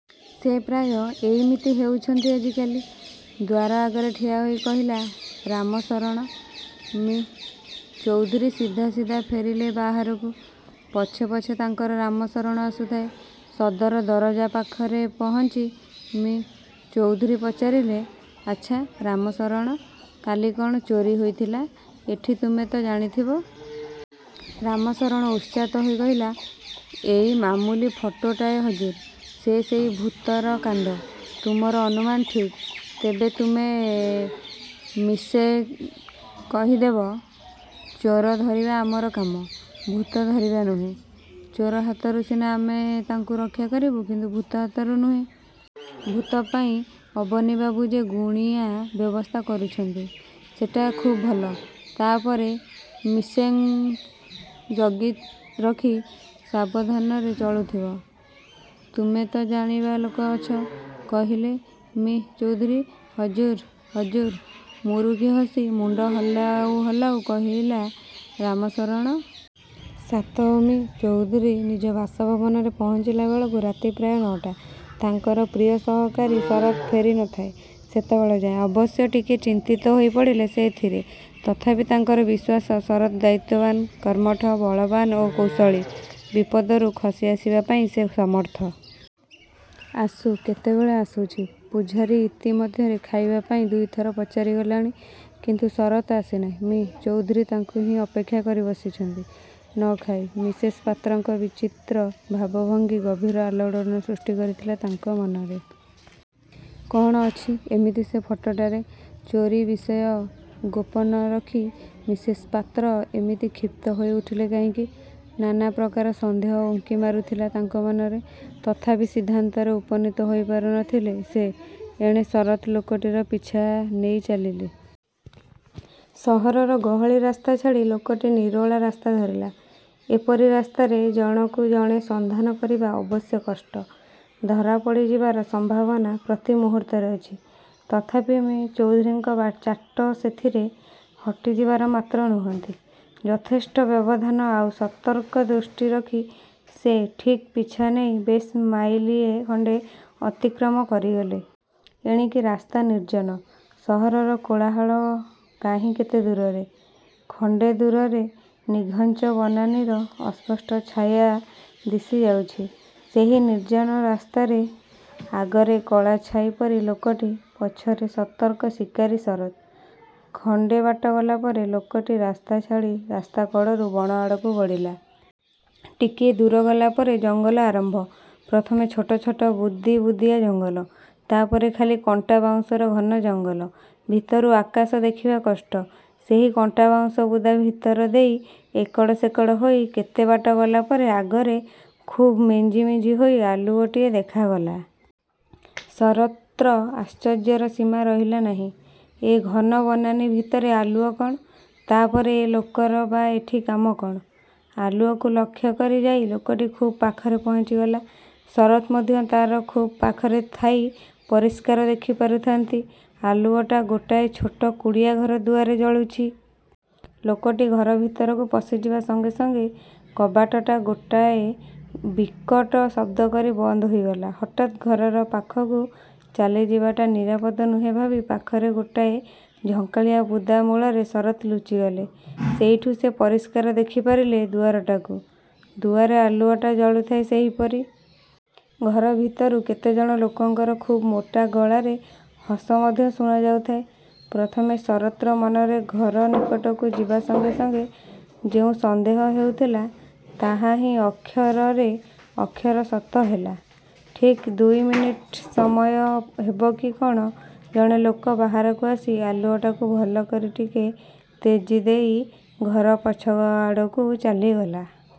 ସେ ପ୍ରାୟ ଏଇମିତି ହେଉଛନ୍ତି ଆଜିକାଲି। '' ଦ୍ୱାର ଆଗରେ ଠିଆ ହୋଇ କହିଲା ରାମଶରଣ। ମି: ଚୌଧୁରୀ ସିଧା ସିଧା ଫେରିଲେ ବାହାରକୁ। ପଛେ ପଛେ ତାଙ୍କର ରାମଶରଣ ଆସୁଥାଏ। ସଦର ଦରଜା ପାଖରେ ପହଞ୍ଚି ମି: ଚୌଧୁରୀ ପଚାରିଲେ, ''ଆଚ୍ଛା, ରାମଶରଣ! କାଲି କ'ଣ ଚୋରୀ ହୋଇଥିଲା ଏଠି, ତୁମେ ତ ଜାଣିଥିବ? '' ରାମଶରଣ ଉତ୍ସାହିତ ହୋଇ କହିଲା-''ଏଇ ମାମୁଲି ଫଟୋଟାଏ ହଜୁର! ସେ ସେଇ ଭୂତର କାଣ୍ଡ। '' ''ତୁମର ଅନୁମାନ ଠିକ୍! ତେବେ ତୁମେ ମିସେସ୍ଙ୍କୁ କହିଦେବ ଚୋର ଧରିବା ଆମର କାମ, ଭୂତ ଧରିବା ନୁହେ। ଚୋର ହାତରୁ ସିନା ଆମେ ତାଙ୍କୁ ରକ୍ଷା କରିବୁ; କିନ୍ତୁ ଭୂତ ହାତରୁ ନୁହେଁ। ଭୂତ ପାଇଁ ଅବନୀବାବୁ ଯେ ଗୁଣିଆଁ ବ୍ୟବସ୍ଥା କରୁଛନ୍ତି, ସେଟା ଖୁବ୍ ଭଲ। ତା'ପରେ ମିସେସ୍ଙ୍କୁ ଜଗି ରଖି ସାବଧାନରେ ଚଳୁଥିବ। ତୁମେ ତ ଜାଣିବା ଲୋକ ଅଛ! '' କହିଲେ ମି: ଚୌଧୁରୀ। ''ହଜୁର, ହଜୁର''! ମୁରୁକି ହସି ମୁଣ୍ଡ ହଲାଉ ହଲାଉ କହିଲା ରାମଶରଣ। -ସାତ- ମି: ଚୌଧୁରୀ ନିଜ ବାସଭବନରେ ପହଞ୍ଚିଲା ବେଳକୁ ରାତି ପ୍ରାୟ ନଅଟା। ତାଙ୍କର ପ୍ରିୟ ସହକାରୀ ଶରତ୍ ଫେରି ନଥାଏ ସେତେବେଳଯାଏ। ଅବଶ୍ୟ ଟିକିଏ ଚିନ୍ତିତ ହୋଇ ପଡ଼ିଲେ ସେ ଏଥିରେ। ତଥାପି ତାଙ୍କର ବିଶ୍ୱାସ ଶରତ୍ ଦାୟିତ୍ୱବାନ, କର୍ମଠ, ବଳବାନ୍ ଓ କୌଶଳୀ; ବିପଦରୁ ଖସି ଆସିବା ପାଇଁ ସେ ସମର୍ଥ। ଆସୁ କେତେବେଳେ ଆସୁଛି! ପୁଝାରୀ ଇତି ମଧ୍ୟରେ ଖାଇବା ପାଇଁ ଦୁଇ ଥର ପଚାରି ଗଲାଣି; କିନ୍ତୁ ଶରତ୍ ଆସିନାହିଁ। ମି: ଚୌଧୁରୀ ତାଙ୍କୁ ହିଁ ଅପେକ୍ଷା କରି ବସିଛନ୍ତି-ନ ଖାଇ। ମିସେସ୍ ପାତ୍ରଙ୍କ ବିଚିତ୍ର ଭାବଭଙ୍ଗି ଗଭୀର ଆଲୋଡ଼ନ ସୃଷ୍ଟି କରିଥିଲା ତାଙ୍କ ମନରେ। କ'ଣ ଅଛି ଏମିତି ସେ ଫଟୋଟାରେ। ଚୋରୀ ବିଷୟ ଗୋପନରଖି ମିସେସ୍ ପାତ୍ର ଏମିତି କ୍ଷିପ୍ତ ହୋଇ ଉଠିଲେ କାହିଁକି-? ନାନା ପ୍ରକାର ସନ୍ଦେହ ଉଙ୍କି ମାରୁଥିଲା ତାଙ୍କ ମନରେ। ତଥାପି ସିଦ୍ଧାନ୍ତରେ ଉପନୀତ ହୋଇପାରୁ ନଥିଲେ ସେ। ଏଣେ ଶରତ୍ ଲୋକଟିର ପିଛା ନେଇ ଚାଲିଲେ। ସହରର ଗହଳି ରାସ୍ତା ଛାଡ଼ି ଲୋକଟି ନିରୋଳା ରାସ୍ତା ଧରିଲା। ଏପରି ରାସ୍ତାରେ ଜଣକୁ ଜଣେ ସନ୍ଧାନ କରିବା ଅବଶ୍ୟ କଷ୍ଟ-। ଧରାପଡ଼ିଯିବାର ସମ୍ଭାବନା ପ୍ରତି ମୁହୂର୍ତ୍ତରେ ଅଛି। ତଥାପି ମି: ଚୌଧୁରୀଙ୍କ ଚାଟ ସେଥିରେ ହଟିଯିବାର ପାତ୍ର ନୁହନ୍ତି। ଯଥେଷ୍ଟ ବ୍ୟବଧାନ ଆଉ ସତର୍କ ଦୃଷ୍ଟି ରଖି ସେ ଠିକ୍ ପିଛାନେଇ ବେଶ୍ ମାଇଲିଏ ଖଣ୍ଡେ ଅତିକ୍ରମ କରିଗଲେ। ଏଣିକି ରାସ୍ତା ନିର୍ଜନ। ସହରର କୋଳାହଳ କାହିଁ କେତେ ଦୂରରେ। ଖଣ୍ଡେ ଦୂରରେ ନିଘଞ୍ଚ ବନାନୀର ଅସ୍ପଷ୍ଟ ଛାୟା ଦିଶିଯାଉଛି। ସେହି ନିର୍ଜନ ରାସ୍ତାରେ ଆଗରେ କଳାଛାଇ ପରି ଲୋକଟି, ପଛରେ ସତର୍କ ଶିକାରୀ ଶରତ୍। ଖଣ୍ଡେ ବାଟ ଗଲାପରେ ଲୋକଟି ରାସ୍ତା ଛାଡ଼ି ରାସ୍ତା କଡ଼ରୁ ବଣ ଆଡ଼କୁ ଗଡ଼ିଲା। ଟିକିଏ ଦୂର ଗଲା ପରେ ଜଙ୍ଗଲ ଆରମ୍ଭ। ପ୍ରଥମେ ଛୋଟ ଛୋଟ ବୁଦି ବୁଦିଆ ଜଙ୍ଗଲ। ତା'ପରେ ଖାଲି କଣ୍ଟାବାଉଁଶର ଘନ ଜଙ୍ଗଲ। ଭିତରୁ ଆକାଶ ଦେଖିବା କଷ୍ଟ। ସେହି କଣ୍ଟାବାଉଁଶ ବୁଦା ଭିତର ଦେଇ ଏକଡ଼ ସେକଡ଼ ହୋଇ କେତେବାଟ ଗଲାପରେ ଆଗରେ ଖୁବ୍ ମିଞ୍ଜିମିଞ୍ଜି ହୋଇ ଆଲୁଅଟିଏ ଦେଖାଗଲା। ଶରତ୍ର ଆଶ୍ଚର୍ଯ୍ୟର ସୀମା ରହିଲା ନାହିଁ। ଏ ଘନ ବନାନୀ ଭିତରେ ଆଲୁଅ କ'ଣ, ତା'ପରେ ଏ ଲୋକର ବା ଏଠି କାମ କ'ଣ? ଆଲୁଅକୁ ଲକ୍ଷ୍ୟ କରି ଯାଇ ଲୋକଟି ଖୁବ୍ ପାଖରେ ପହଞ୍ଚିଗଲା। ଶରତ୍ ମଧ୍ୟ ତା'ର ଖୁବ୍ ପାଖରେ ଥାଇ ପରିଷ୍କାର ଦେଖି ପାରୁଥାନ୍ତି, ଆଲୁଅଟା ଗୋଟାଏ ଛୋଟ କୁଡ଼ିଆ ଘର ଦୁଆରେ ଜଳୁଛି। ଲୋକଟି ଘର ଭିତରକୁ ପଶିଯିବା ସଙ୍ଗେ ସଙ୍ଗେ କବାଟଟା ଗୋଟାଏ ବିକଟ ଶବ୍ଦ କରି ବନ୍ଦ ହୋଇଗଲା। ହଠାତ୍ ଘରର ପାଖକୁ ଚାଲିଯିବାଟା ନିରାପଦ ନୁହେଁ ଭାବି ପାଖରେ ଗୋଟାଏ ଝଙ୍କାଳିଆ ବୁଦା ମୂଳରେ ଶରତ୍ ଲୁଚିଗଲେ। ସେଇଠୁ ସେ ପରିଷ୍କାର ଦେଖିପାରିଲେ ଦୁଆରଟାକୁ-। ଦୁଆରେ ଆଲୁଅଟା ଜଳୁଥାଏ ସେଇପରି। ଘର ଭିତରୁ କେତେଜଣ ଲୋକଙ୍କର ଖୁବ୍ ମୋଟା ଗଳାରେ ହସ ମଧ୍ୟ ଶୁଣାଯାଉଥାଏ। ପ୍ରଥମେ ଶରତ୍ର ମନରେ ଘର ନିକଟକୁ ଯିବା ସଙ୍ଗେ ସଙ୍ଗେ ଯେଉଁ ସନ୍ଦେହ ହେଉଥିଲା, ତାହାହିଁ ଅକ୍ଷରରେ ଅକ୍ଷର ସତ ହେଲା। ଠିକ୍ ଦୁଇମିନିଟ୍ ସମୟ ହେବ କି କ'ଣ, ଜଣେ ଲୋକ ବାହାରକୁ ଆସି ଆଲୁଅଟାକୁ ଭଲ କରି ଟିକେ ତେଜି ଦେଇ ଘରର ପଛ ଆଡ଼କୁ ଚାଲିଗଲା।